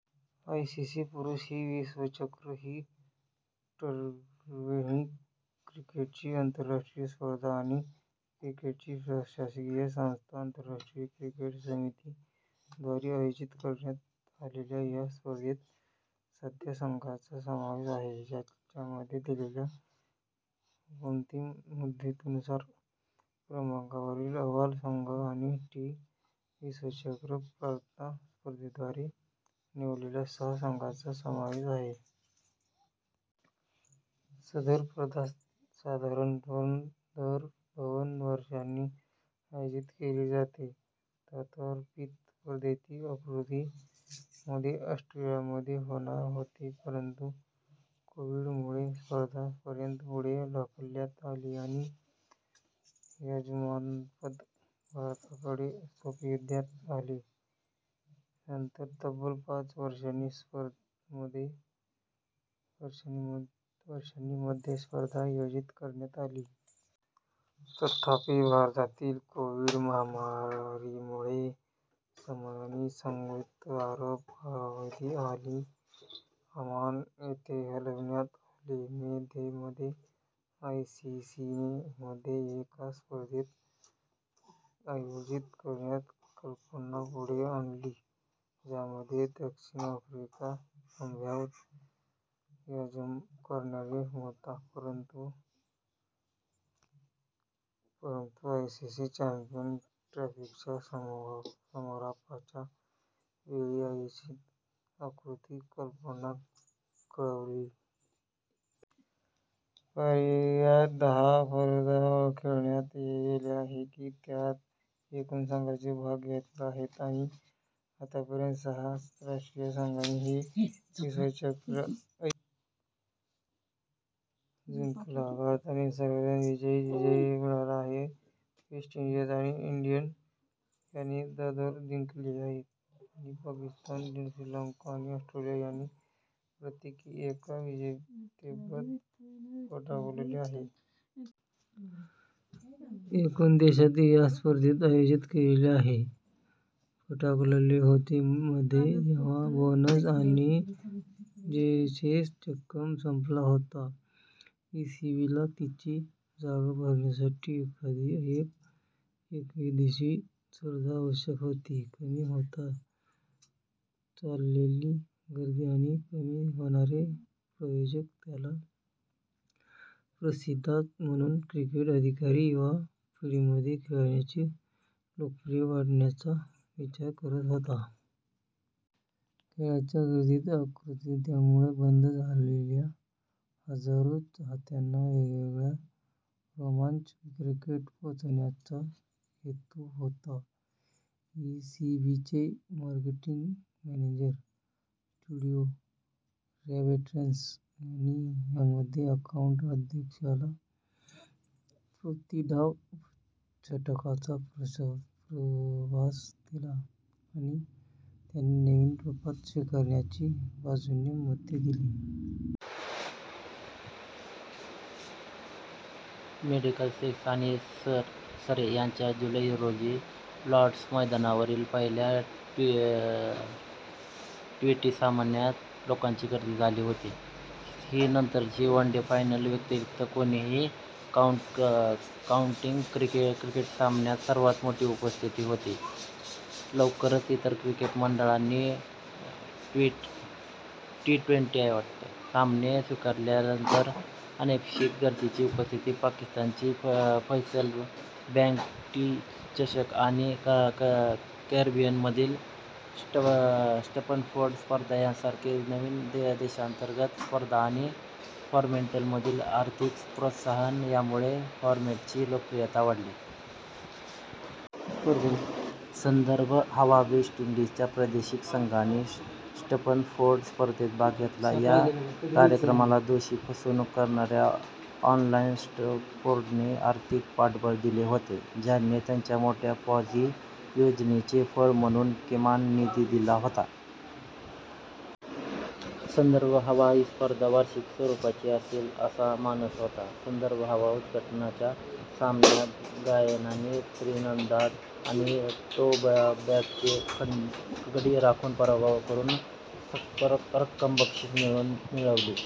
ICC पुरुष T विश्वचषक ही ट्वेंटी क्रिकेटची आंतरराष्ट्रीय स्पर्धा आहे. क्रिकेटची प्रशासकीय संस्था, आंतरराष्ट्रीय क्रिकेट समिती द्वारे आयोजित करण्यात आलेल्या या स्पर्धेत सध्या संघांचा समावेश आहे, ज्यामध्ये दिलेल्या अंतिम मुदतीनुसार क्रमवारीतील अव्वल संघ आणि टी विश्वचषक पात्रता स्पर्धेद्वारे निवडलेल्या सहा संघांचा समावेश आहे. सदर स्पर्धा साधारणतः दर दोन वर्षांनी आयोजित केली जाते. तथापि, स्पर्धेची आवृत्ती मध्ये ऑस्ट्रेलियामध्ये होणार होती, परंतु कोविड- मुळे, स्पर्धा पर्यंत पुढे ढकलण्यात आली आणि यजमानपद भारताकडे सोपविण्यात आले. नंतर तब्बल पाच वर्षांनी मध्ये स्पर्धा आयोजित करण्यात आली. तथापि, भारतातील कोविड- महामारीमुळे, सामने संयुक्त अरब अमिराती आणि ओमान येथे हलविण्यात आले. मे मध्ये, आयसीसीने मध्ये एक स्पर्धा आयोजित करण्याची कल्पना पुढे आणली, ज्यामध्ये दक्षिण आफ्रिका संभाव्य यजमान असणार होता. परंतु आयसीसी चॅम्पियन्स ट्रॉफीच्या समारोपाच्या वेळी, आयसीसीने आवृत्तीची कल्पना वगळली. पर्यंत, दहा स्पर्धा खेळल्या गेल्या आहेत, त्यात एकूण संघांनी भाग घेतला आहे आणि आतापर्यंत सहा राष्ट्रीय संघांनी टी विश्वचषक जिंकला आहे. भारताने सर्वाधिक तीन विजय मिळवले आहेत. वेस्ट इंडिज आणि इंग्लंड यांनी दोनदा जिंकले आहेत आणि पाकिस्तान, श्रीलंका आणि ऑस्ट्रेलिया यांनी प्रत्येकी एक विजेतेपद पटकावले आहे. एकूण देशांनी या स्पर्धेचे आयोजन केले आहे. पटकावले होते. मध्ये जेव्हा बेन्सन आणि हेजेस चषक संपला तेव्हा ईसीबीला तिची जागा भरण्यासाठी आणखी एक एकदिवसीय स्पर्धा आवश्यक होती. कमी होत चाललेली गर्दी आणि कमी होणारे प्रायोजकत्व याला प्रतिसाद म्हणून क्रिकेट अधिकारी युवा पिढीमध्ये खेळाची लोकप्रियता वाढवण्याचा विचार करत होते. खेळाच्या दीर्घ आवृत्त्यांमुळे बंद झालेल्या हजारो चाहत्यांना वेगवान, रोमांचक क्रिकेट पोहोचवण्याचा हेतू होता. ईसीबीचे मार्केटिंग मॅनेजर स्टुअर्ट रॉबर्टसन यांनी मध्ये काउंटी अध्यक्षांना प्रति डाव षटकांचा प्रस्ताव दिला आणि त्यांनी नवीन स्वरूप स्वीकारण्याच्या बाजूने - मते दिली. मिडलसेक्स आणि सरे यांच्यात जुलै रोजी लॉर्ड्स मैदानावरील पहिल्या ट्वेंटी सामन्यात लोकांची गर्दी झाली होती, ही नंतरच्या वन-डे फायनल व्यतिरिक्त कोणत्याही काऊंटी क्रिकेट सामन्यासाठी सर्वात मोठी उपस्थिती होती. लवकरच इतर क्रिकेट मंडळांनी ट्वेंटी सामने स्वीकारल्यानंतर, अनपेक्षित गर्दीची उपस्थिती, पाकिस्तानची फैसल बँक टी चषक आणि कॅरेबियनमधील स्टॅनफोर्ड / स्पर्धा यांसारख्या नवीन देशांतर्गत स्पर्धा आणि फॉरमॅटमधील आर्थिक प्रोत्साहन यामुळे फॉरमॅटची लोकप्रियता वाढली. संदर्भ हवा वेस्ट इंडीजच्या प्रादेशिक संघांनी स्टॅनफोर्ड / स्पर्धेत भाग घेतला. या कार्यक्रमाला दोषी फसवणूक करणारा ॲलन स्टॅनफोर्डने आर्थिक पाठबळ दिले होते, ज्याने त्याच्या मोठ्या पॉन्झी योजनेचे फळ म्हणून किमान निधी दिला होता. संदर्भ हवा ही स्पर्धा वार्षिक स्वरूपाची असेल असा मानस होता. संदर्भ हवा उद्घाटनाच्या सामन्यात गयानाने त्रिनिदाद आणि टोबॅगोचा गडी राखून पराभव करून रक्कम बक्षीस म्हणून मिळविली.